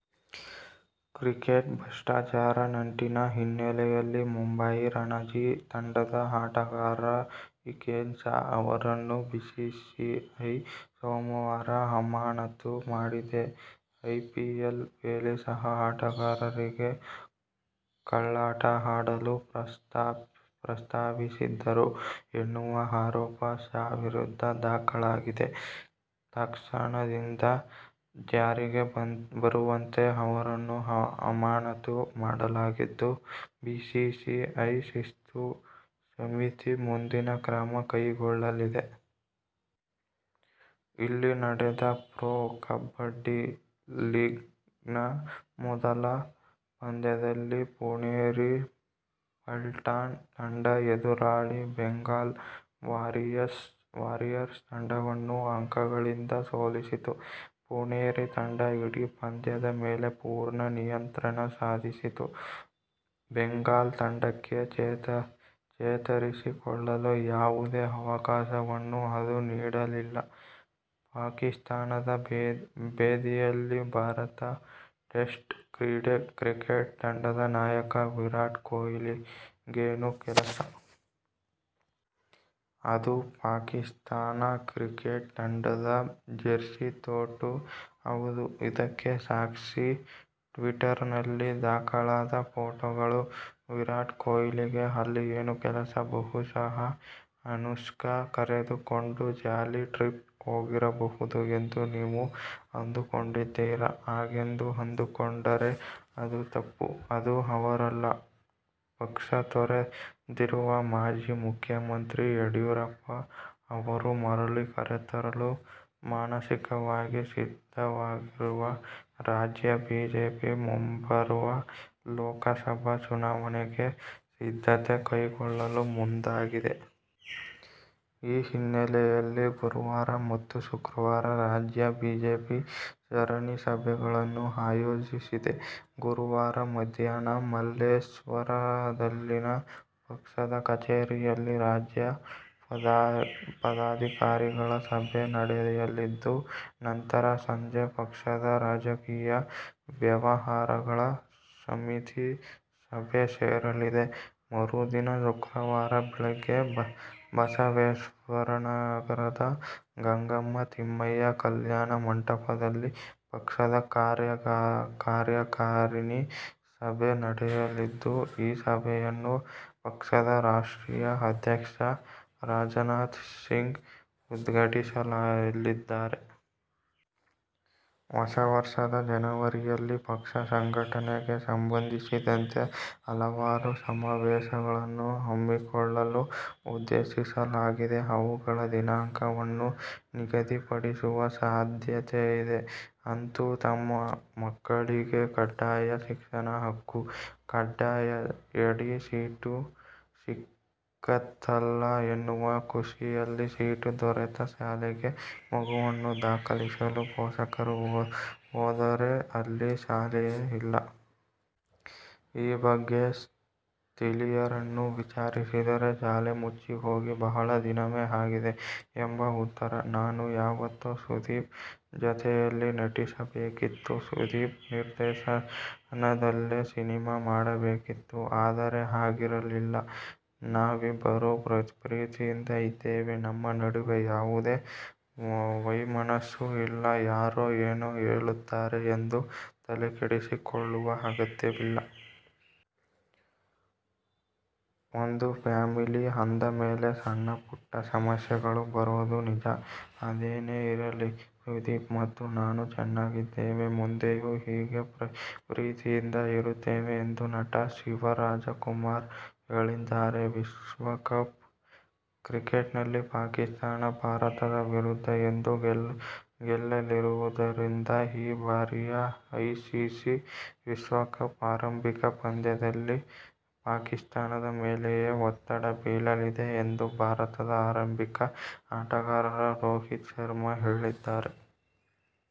Cricket ಭಷ್ಟಾಚಾರ ನಂಟಿನ ಹಿನ್ನೆಲೆಯಲ್ಲಿ ಮುಂಬಯಿ ರಣಜಿ ತಂಡದ ಆಟಗಾರ ಹಿಕೆನ್ ಶಾ ಅವರನ್ನು ಬಿಸಿಸಿಐ ಸೋಮವಾರ ಅಮಾನತು ಮಾಡಿದೆ. ಐಪಿಎಲ್ ವೇಳೆ ಸಹ ಆಟಗಾರನಿಗೆ ಕಳ್ಳಾಟ ಆಡಲು ಪ್ರಸ್ತಾವಿಸಿದ್ದರು ಎನ್ನುವ ಆರೋಪ ಶಾ ವಿರುದ್ಧ ದಾಖಲಾಗಿದೆ. ತತ್ಕ್ಷಣದಿಂದ ಜಾರಿಗೆ ಬರುವಂತೆ ಅವರನ್ನು ಅಮಾನತು ಮಾಡಲಾಗಿದ್ದು ಬಿಸಿಸಿಐ ಶಿಸ್ತು ಸಮಿತಿ ಮುಂದಿನ ಕ್ರಮ ಕೈಗೊಳ್ಳಲಿದೆ. ಇಲ್ಲಿ ನಡೆದ ಪ್ರೊ ಕಬಡ್ಡಿ ಲೀಗ್ನ ಮೊದಲ ಪಂದ್ಯದಲ್ಲಿ ಪುನೇರಿ ಪಲ್ಟಾನ್ ತಂಡ ಎದುರಾಳಿ ಬೆಂಗಾಲ್ ವಾರಿಯರ್ಸ್ ತಂಡವನ್ನು ಅಂಕಗಳಿಂದ ಸೋಲಿಸಿತು. ಪುನೇರಿ ತಂಡ ಇಡೀ ಪಂದ್ಯದ ಮೇಲೆ ಪೂರ್ಣ ನಿಯಂತ್ರಣ ಸಾಧಿಸಿತ್ತು. ಬೆಂಗಾಲ್ ತಂಡಕ್ಕೆ ಚೇತರಿಸಿಕೊಳ್ಳಲು ಯಾವುದೇ ಅವಕಾಶವನ್ನೂ ಅದು ನೀಡಲಿಲ್ಲ. ಪಾಕಿಸ್ತಾನದ ಬೀದಿಯಲ್ಲಿ ಭಾರತ ಟೆಸ್ಟ್ ಕ್ರಿಕೆಟ್ ತಂಡದ ನಾಯಕ ವಿರಾಟ್ ಕೊಹ್ಲಿಗೇನು ಕೆಲಸ? ಅದೂ ಪಾಕಿಸ್ತಾನ ಕ್ರಿಕೆಟ್ ತಂಡದ ಜೆರ್ಸಿ ತೊಟ್ಟು? ಹೌದು, ಇದಕ್ಕೆ ಸಾಕ್ಷಿ ಟ್ವೀಟರ್ನಲ್ಲಿ ದಾಖಲಾದ ಫೋಟೋಗಳು! ವಿರಾಟ್ ಕೊಹ್ಲಿಗೆ ಅಲ್ಲಿ ಏನು ಕೆಲಸ, ಬಹುಶಃ ಅನುಷ್ಕಾ ಕರೆದುಕೊಂಡು ಜಾಲಿ ಟ್ರಿಪ್ ಹೋಗಿರಬಹುದು ಎಂದು ನೀವು ಅಂದುಕೊಂಡಿದ್ದೀರಾ? ಹಾಗೆಂದು ಅಂದುಕೊಂಡರೆ ಅದು ತಪ್ಪು. ಅದು ಅವರಲ್ಲ. ಪಕ್ಷ ತೊರೆದಿರುವ ಮಾಜಿ ಮುಖ್ಯಮಂತ್ರಿ ಯಡಿಯೂರಪ್ಪ ಅವರನ್ನು ಮರಳಿ ಕರೆತರಲು ಮಾನಸಿಕವಾಗಿ ಸಿದ್ಧವಾಗಿರುವ ರಾಜ್ಯ ಬಿಜೆಪಿ ಮುಂಬರುವ ಲೋಕಸಭಾ ಚುನಾವಣೆಗೆ ಸಿದ್ಧತೆ ಕೈಗೊಳ್ಳಲು ಮುಂದಾಗಿದೆ. ಈ ಹಿನ್ನೆಲೆಯಲ್ಲಿ ಗುರುವಾರ ಮತ್ತು ಶುಕ್ರವಾರ ರಾಜ್ಯ ಬಿಜೆಪಿ ಸರಣಿ ಸಭೆಗಳನ್ನು ಆಯೋಜಿಸಿದೆ. ಗುರುವಾರ ಮಧ್ಯಾಹ್ನ ಮಲ್ಲೇಶ್ವರದಲ್ಲಿನ ಪಕ್ಷದ ಕಚೇರಿಯಲ್ಲಿ ರಾಜ್ಯ ಪದಾಧಿಕಾರಿಗಳ ಸಭೆ ನಡೆಯಲಿದ್ದು, ನಂತರ ಸಂಜೆ ಪಕ್ಷದ ರಾಜಕೀಯ ವ್ಯವಹಾರಗಳ ಸಮಿತಿ ಸಭೆ ಸೇರಲಿದೆ. ಮರುದಿನ ಶುಕ್ರವಾರ ಬೆಳಗ್ಗೆ ಬಸವೇಶ್ವರನಗರದ ಗಂಗಮ್ಮ ತಿಮ್ಮಯ್ಯ ಕಲ್ಯಾಣ ಮಂಟಪದಲ್ಲಿ ಪಕ್ಷದ ಕಾರ್ಯಕಾರಿಣಿ ಸಭೆ ನಡೆಯಲಿದ್ದು, ಈ ಸಭೆಯನ್ನು ಪಕ್ಷದ ರಾಷ್ಟ್ರೀಯ ಅಧ್ಯಕ್ಷ ರಾಜನಾಥ್ ಸಿಂಗ್ ಉದ್ಘಾಟಿಸಲಿದ್ದಾರೆ. ಹೊಸ ವರ್ಷದ ಜನವರಿಯಲ್ಲಿ ಪಕ್ಷ ಸಂಘಟನೆಗೆ ಸಂಬಂಧಿಸಿದಂತೆ ಹಲವಾರು ಸಮಾವೇಶಗಳನ್ನು ಹಮ್ಮಿಕೊಳ್ಳಲು ಉದ್ದೇಶಿಸಲಾಗಿದ್ದು, ಅವುಗಳ ದಿನಾಂಕವನ್ನೂ ನಿಗದಿಪಡಿಸುವ ಸಾಧ್ಯತೆಯಿದೆ. ಅಂತೂ ತಮ್ಮ ಮಕ್ಕಳಿಗೆ ಕಡ್ಡಾಯ ಶಿಕ್ಷಣ ಹಕ್ಕು ಕಾಯ್ದೆಯಡಿ ಸೀಟು ಸಿಕ್ಕಿತಲ್ಲಾ ಎನ್ನುವ ಖುಷಿಯಲ್ಲಿ ಸೀಟು ದೊರೆತ ಶಾಲೆಗೆ ಮಗುವನ್ನು ದಾಖಲಿಸಲು ಪೋಷಕರು ಹೋದರೆ ಅಲ್ಲಿ ಶಾಲೆಯೇ ಇಲ್ಲ! ಈ ಬಗ್ಗೆ ಸ್ಥಳೀಯರನ್ನು ವಿಚಾರಿಸಿದರೆ, ಶಾಲೆ ಮುಚ್ಚಿಹೋಗಿ ಬಹಳ ದಿನವೇ ಆಗಿದೆ ಎಂಬ ಉತ್ತರ! ನಾನು ಯಾವತ್ತೋ ಸುದೀಪ್ ಜತೆಯಲ್ಲಿ ನಟಿಸಬೇಕಿತ್ತು. ಸುದೀಪ್ ನಿರ್ದೇಶನದಲ್ಲೇ ಸಿನಿಮಾ ಮಾಡಬೇಕಿತ್ತು. ಆದರೆ, ಆಗಿರಲಿಲ್ಲ. ನಾವಿಬ್ಬರೂ ಪ್ರೀತಿಯಿಂದ ಇದ್ದೇವೆ. ನಮ್ಮ ನಡುವೆ ಯಾವುದೇ ವೈಮನಸ್ಸು ಇಲ್ಲ. ಯಾರೋ ಏನೋ ಹೇಳುತ್ತಾರೆ ಎಂದು ತಲೆಕೆಡಿಸಿಕೊಳ್ಳುವ ಅಗತ್ಯವಿಲ್ಲ. ಒಂದು ಫ್ಯಾಮಿಲಿ ಅಂದಮೇಲೆ, ಸಣ್ಣಪುಟ್ಟ ಸಮಸ್ಯೆಗಳು ಬರೋದು ನಿಜ. ಅದೇನೆ ಇರಲಿ, ಸುದೀಪ್ ಮತ್ತು ನಾನು ಚೆನ್ನಾಗಿದ್ದೇವೆ. ಮುಂದೆಯೂ ಹೀಗೇ ಪ್ರೀತಿಯಿಂದ ಇರುತ್ತೇವೆ ಎಂದು ನಟ ಶಿವರಾಜಕುಮಾರ್ ಹೇಳಿದ್ದಾರೆ. ವಿಶ್ವಕಪ್ ಕ್ರಿಕೆಟ್ನಲ್ಲಿ ಪಾಕಿಸ್ಥಾನ ಭಾರತದ ವಿರುದ್ಧ ಎಂದೂ ಗೆಲ್ಲದಿರುವುದರಿಂದ ಈ ಬಾರಿಯ ಐಸಿಸಿ ವಿಶ್ವಕಪ್ನ ಆರಂಭಿಕ ಪಂದ್ಯದಲ್ಲಿ ಪಾಕಿಸ್ಥಾನದ ಮೇಲೆಯೇ ಒತ್ತಡ ಬೀಳಲಿದೆ ಎಂದು ಭಾರತದ ಆರಂಭಿಕ ಆಟಗಾರ ರೋಹಿತ್ ಶರ್ಮಾ ಹೇಳಿದ್ದಾರೆ.